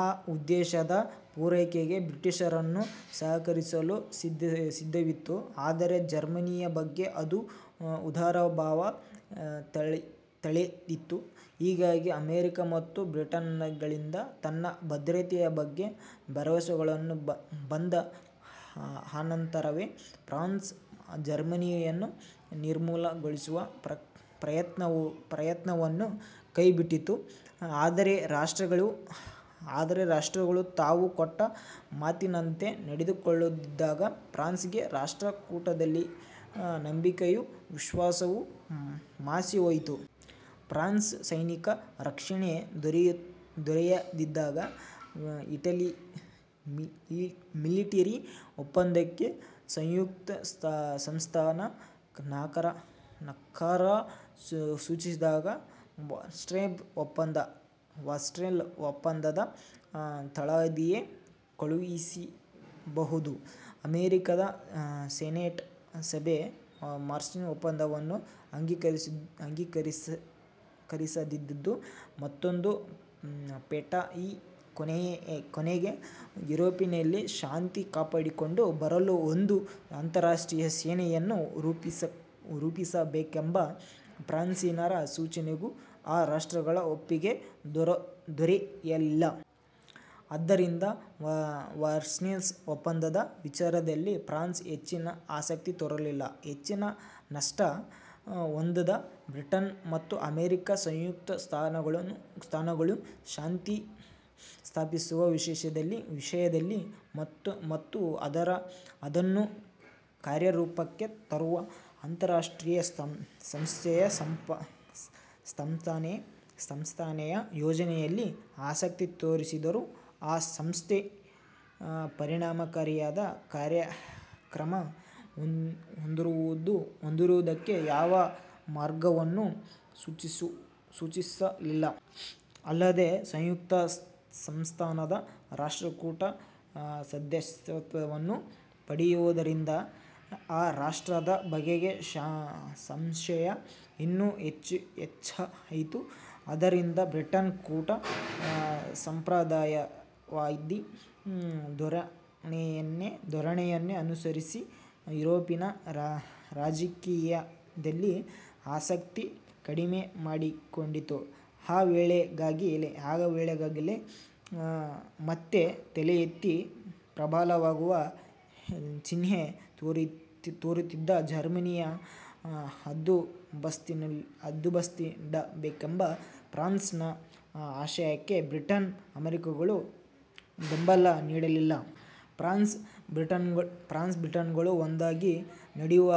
ಆ ಉದ್ದೇಶದ ಪುರೈಕೆಗೆ ಬ್ರಿಟನ್ನೂ ಸಹಕರಿಸಲು ಸಿದ್ಧವಿತ್ತು. ಆದರೆ ಜರ್ಮನಿಯ ಬಗ್ಗೆ ಅದು ಉದಾರಭಾವ ತಳೆದಿತ್ತು. ಹೀಗಾಗಿ ಅಮೆರಿಕ ಮತ್ತು ಬ್ರಿಟನ್ನುಗಳಿಂದ ತನ್ನ ಭದ್ರತೆಯ ಬಗ್ಗೆ ಭರವಸೆಗಳು ಬಂದ ಅನಂತರವೇ ಫ್ರಾನ್ಸ್ ಜರ್ಮನಿಯನ್ನು ನಿರ್ಮೂಲಗೊಳಿಸುವ ಪ್ರಯತ್ನವನ್ನು ಕೈ ಬಿಟ್ಟಿತು. ಆದರೆ ಆ ರಾಷ್ಟ್ರಗಳು ತಾವು ಕೊಟ್ಟ ಮಾತಿನಂತೆ ನಡೆದುಕೊಳ್ಳದಿದ್ದಾಗ ಫ್ರಾನ್ಸ್ ಗೆ ರಾಷ್ಟ್ರ ಕೂಟದಲ್ಲಿದ್ದ ನಂಬಿಕೆಯೂ ವಿಶ್ವಾಸವು ಮಾಸಿಹೋಯಿತು. ಫ್ರಾನ್ಸ್ಗೆ ಸೈನಿಕ ರಕ್ಷಣೆ ದೊರೆಯದಿದ್ದಾಗ, ಮಿಲಿಟರಿ ಒಪಂದಕ್ಕೆ ಸಂಯುಕ್ತ ಸಂಸ್ಥಾನ ನಕಾರ ಸೂಚಿಸಿದಾಗ, ವರ್ಸೇಲ್ಸ್, ಒಪ್ಪಂದದ ತಳಹದಿಯೇ ಕುಸಿಯಿತೆನ್ನಬಹುದು. ಅಮೆರಿಕದ ಸೆನೆಟ್ ಸಭೆ ವರ್ಸೇಲ್ಸ್ ಒಪ್ಪಂದವನ್ನು ಅಂಗೀಕರಿಸದಿದ್ದುದು ಮತ್ತೊಂದು ಪೆಟ್ಟಾಯಿತು. ಕೊನೆಗೆ ಯುರೋಪಿನಲ್ಲಿ ಶಾಂತಿ ಕಾಪಾಡಿಕೊಂಡು ಬರಲು ಒಂದು ಅಂತಾರಾಷ್ಟ್ರೀಯ ಸೇನೆಯನ್ನು ರೂಪಿಸಬೇಕೆಂಬ ಫ್ರಾನ್ಸಿನ ಸೂಚನೆಗೂ ಆ ರಾಷ್ಟ್ರಗಳ ಒಪ್ಪಿಗೆ ದೊರೆಯಲಿಲ್ಲ. ಆದ್ದರಿಂದ ವರ್ಸೇಲ್ಸ್ ಒಪ್ಪಂದದ ವಿಚಾರದಲ್ಲಿ ಫ್ರಾನ್ಸ್ ಹೆಚ್ಚಿನ ಆಸಕ್ತಿ ತೋರಿಸಲಿಲ್ಲ. ಹೆಚ್ಚಿನ ನಷ್ಟ ಹೊಂದದ ಬ್ರಿಟನ್ ಮತ್ತು ಅಮೆರಿಕ ಸಂಯುಕ್ತ ಸಂಸ್ಥಾನ ಗಳು ಶಾಂತಿ ಸ್ಥಾಪಿಸುವ ವಿಷಯದಲ್ಲಿ ಮತ್ತು ಅದನ್ನು ಕಾರ್ಯರೂಪಕ್ಕೆ ತರುವ ಅಂತಾರಾಷ್ಟ್ರೀಯ ಸಂಸ್ಥೆಯ ಸ್ಥಾಪನೆಯ ಯೋಜನೆಯಲ್ಲಿ ಆಸಕ್ತಿ ತೋರಿಸಿದರೂ ಆ ಸಂಸ್ಥೆ ಪರಿಣಾಮಕಾರಿಯಾದ ಕಾರ್ಯಕ್ರಮ ಹೊಂದುವುದಕ್ಕೆ ಯಾವ ಮಾರ್ಗವನ್ನೂ ಸೂಚಿಸಲಿಲ್ಲ. ಅಲ್ಲದೆ ಸಂಯುಕ್ತಸಂಸ್ಥಾನ ರಾಷ್ಟ್ರಕೂಟದ ಸದಸ್ಯತ್ವವನ್ನೂ ಪಡೆಯದಿದ್ದುದರಿಂದ ಆ ರಾಷ್ಟ್ರದ ಬಗೆಗೆ ಸಂಶಯ ಇನ್ನೂ ಹೆಚ್ಚಾಯಿತು. ಇದರಿಂದ ಬ್ರಿಟನ್ ಕೂಡ ಸಂಪ್ರದಾಯವಾದಿ ಧೋರಣೆಯನ್ನೇ ಅನುಸರಿಸಿ ಯುರೋಪಿನ ರಾಜಕೀಯದಲ್ಲಿ ಆಸಕ್ತಿ ಕಡಿಮೆ ಮಾಡಿಕೊಂಡಿತು. ಆ ವೇಳೆಗಾಗಲೇ ಮತ್ತೆ ತಲೆಯೆತ್ತಿ ಪ್ರಬಲವಾಗುವ ಚಿಹ್ನೆ ತೋರುತ್ತಿದ್ದ ಜರ್ಮನಿಯನ್ನು ಹದ್ದುಬಸ್ತಿನಲ್ಲಿಡಬೇಕೆಂಬ ಫ್ರಾನ್ಸಿನ ಆಶಯಕ್ಕೆ ಬ್ರಿಟನ್ ಅಮೆರಿಕಗಳು ಬೆಂಬಲ ನೀಡಲಿಲ್ಲ. ಫ್ರಾನ್ಸ್ ಬ್ರಿಟನ್ಗಳು ಒಂದಾಗಿ ನಡೆಯುವ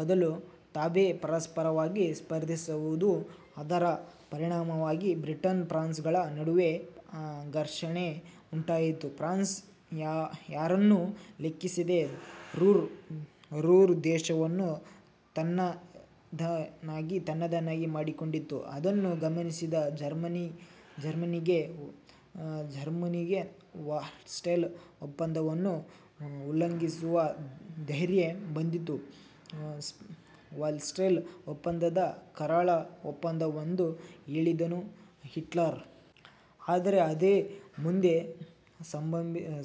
ಬದಲು ತಾವೇ ಪರಸ್ಪರವಾಗಿ ಸ್ಪರ್ಧಿಸಿದುವು. ಇದರ ಪರಿಣಾಮವಾಗಿ ಬ್ರಿಟನ್ ಫ್ರಾನ್ಸ್ಗಳ ನಡುವೆ ಘರ್ಷಣೆ ಉಂಟಾಯಿತು. ಫ್ರಾನ್ಸ್ ಯಾರನ್ನೂ ಲೆಕ್ಕಿಸಿದೆ ರೂರ್ ಪ್ರದೇಶವನ್ನು ತನ್ನದನ್ನಾಗಿ ಮಾಡಿಕೊಂಡಿತು. ಇದನ್ನು ಗಮನಿಸಿದ ಜರ್ಮನಿಗೆ ವರ್ಸೇಲ್ಸ್ ಒಪ್ಪಂದವನ್ನು ಉಲ್ಲಂಘಿಸುವ ಧ್ಯೆರ್ಯ ಬಂದಿತು. ವರ್ಸೇಲ್ಸ್ ಒಪ್ಪಂದ ಕರಾಳ ಒಪ್ಪಂದವೆಂದು ಹೇಳಿದವನು ಹಿಟ್ಲರ್. ಆದರೆ ಅದೇ ಮುಂದೆ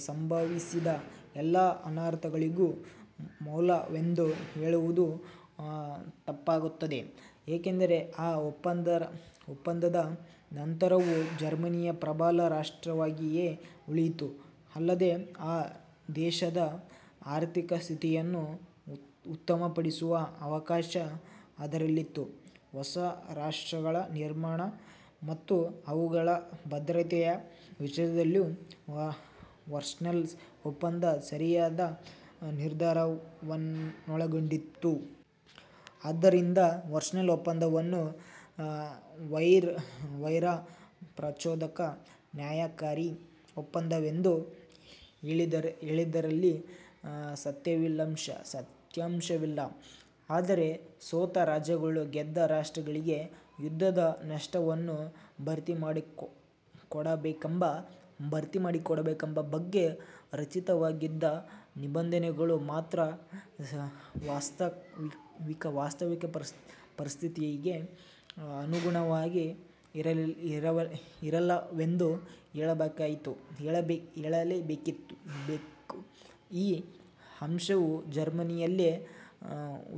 ಸಂಭವಿಸಿದ ಎಲ್ಲ ಅನರ್ಥಗಳಿಗೂ ಮೂಲವೆಂದು ಹೇಳುವುದು ತಪ್ಪಾಗುತ್ತದೆ. ಏಕೆಂದರೆ ಆ ಒಪ್ಪಂದದ ಅನಂತರವೂ ಜರ್ಮನಿ ಪ್ರಬಲ ರಾಷ್ಟ್ರವಾಗಿಯೇ ಉಳಿಯಿತು. ಅಲ್ಲದೆ ಆ ದೇಶದ ಆರ್ಥಿಕ ಸ್ಥಿತಿಯನ್ನು ಉತ್ತಮಪಡಿಸುವ ಅವಕಾಶ ಅದರಲ್ಲಿತ್ತು. ಹೊಸ ರಾಷ್ಟ್ರಗಳ ನಿರ್ಮಾಣ ಮತ್ತು ಅವುಗಳ ಭದ್ರತೆಯ ವಿಚಾರದಲ್ಲೂ ವರ್ಸೇಲ್ಸ್ ಒಪ್ಪಂದ ಸರಿಯಾದ ನಿರ್ಧಾರಗಳನ್ನೊಳಗೊಂಡಿತ್ತು. ಆದ್ದರಿಂದ ವರ್ಸೇಲ್ಸ್ ಒಪ್ಪಂದವನ್ನು ವೈರ ಪ್ರಚೋದಕ ಅನ್ಯಾಯಕಾರಿ ಒಪ್ಪಂದವೆಂದು ಹೇಳುವುದರಲ್ಲಿ ಸತ್ಯಾಂಶವಿಲ್ಲ. ಆದರೆ ಸೋತ ರಾಷ್ಟ್ರಗಳು ಗೆದ್ದ ರಾಷ್ಟ್ರಗಳಿಗೆ ಯುದ್ಧದ ನಷ್ಟವನ್ನು ಭರ್ತಿಮಾಡಿಕೊಡಬೇಕೆಂಬ ಬಗ್ಗೆ ರಚಿತವಾಗಿದ್ದ ನಿಬಂಧನೆಗಳು ಮಾತ್ರ ವಾಸ್ತವಿಕ ಪರಿಸ್ಥಿತಿಗೆ ಅನುಗುಣವಾಗಿ ಇರಲಿಲ್ಲವೆಂದು ಹೇಳಲೇಬೇಕು. ಈ ಅಂಶವೂ ಜರ್ಮನಿಯಲ್ಲೇ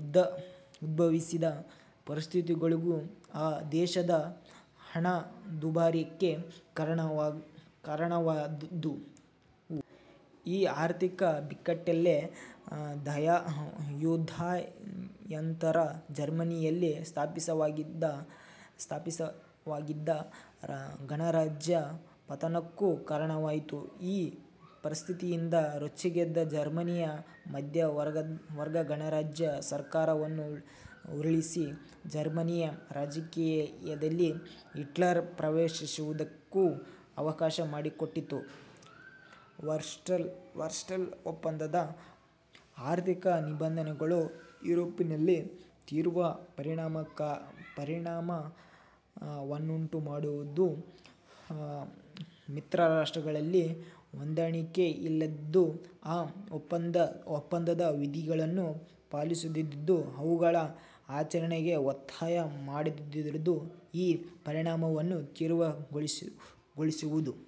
ಉದ್ಭವಿಸಿದ ಪರಿಸ್ಥಿತಿಗಳೂ ಆ ದೇಶದ ಹಣದುಬ್ಬರಕ್ಕೆ ಕಾರಣವಾದುವು. ಈ ಆರ್ಥಿಕ ಬಿಕ್ಕಟ್ಟೇ ಯುದ್ಧಾನಂತರ ಜರ್ಮನಿಯಲ್ಲಿ ಸ್ಥಾಪಿತವಾಗಿದ್ದ ಗಣರಾಜ್ಯದ ಪತನಕ್ಕೂ ಕಾರಣವಾಯಿತು. ಈ ಪರಿಸ್ಥಿತಿಯಿಂದ ರೊಚ್ಚಿಗೆದ್ದ ಜರ್ಮನಿಯ ಮಧ್ಯಮವರ್ಗ ಗಣರಾಜ್ಯ ಸರ್ಕಾರವನ್ನು ಉರುಳಿಸಿ, ಜರ್ಮನಿಯ ರಾಜಕೀಯದಲ್ಲಿ ಹಿಟ್ಲರ್ ಪ್ರವೇಶಿಸುವುದಕ್ಕೂ ಅವಕಾಶಮಾಡಿಕೊಟ್ಟಿತು. ವರ್ಸೇಲ್ಸ್ ಒಪ್ಪಂದದ ಆರ್ಥಿಕ ನಿಬಂಧನೆಗಳು ಯುರೋಪಿನಲ್ಲಿ ತೀವ್ರ ಪರಿಣಾಮವನ್ನುಂಟುಮಾಡಿದುವು. ಮಿತ್ರರಾಷ್ಟ್ರಗಳಲ್ಲಿ ಹೊಂದಾಣಿಕೆಯಿಲ್ಲದ್ದೂ ಆ ಒಪ್ಪಂದದ ವಿಧಿಗಳನ್ನು ಪಾಲಿಸದಿದ್ದದ್ದೂ ಅವುಗಳ ಆಚರಣೆಗೆ ಒತ್ತಾಯ ತರದಿದ್ದದ್ದೂ ಈ ಪರಿಣಾಮವನ್ನು ತೀವ್ರತರಗೊಳಿಸಿದುವು.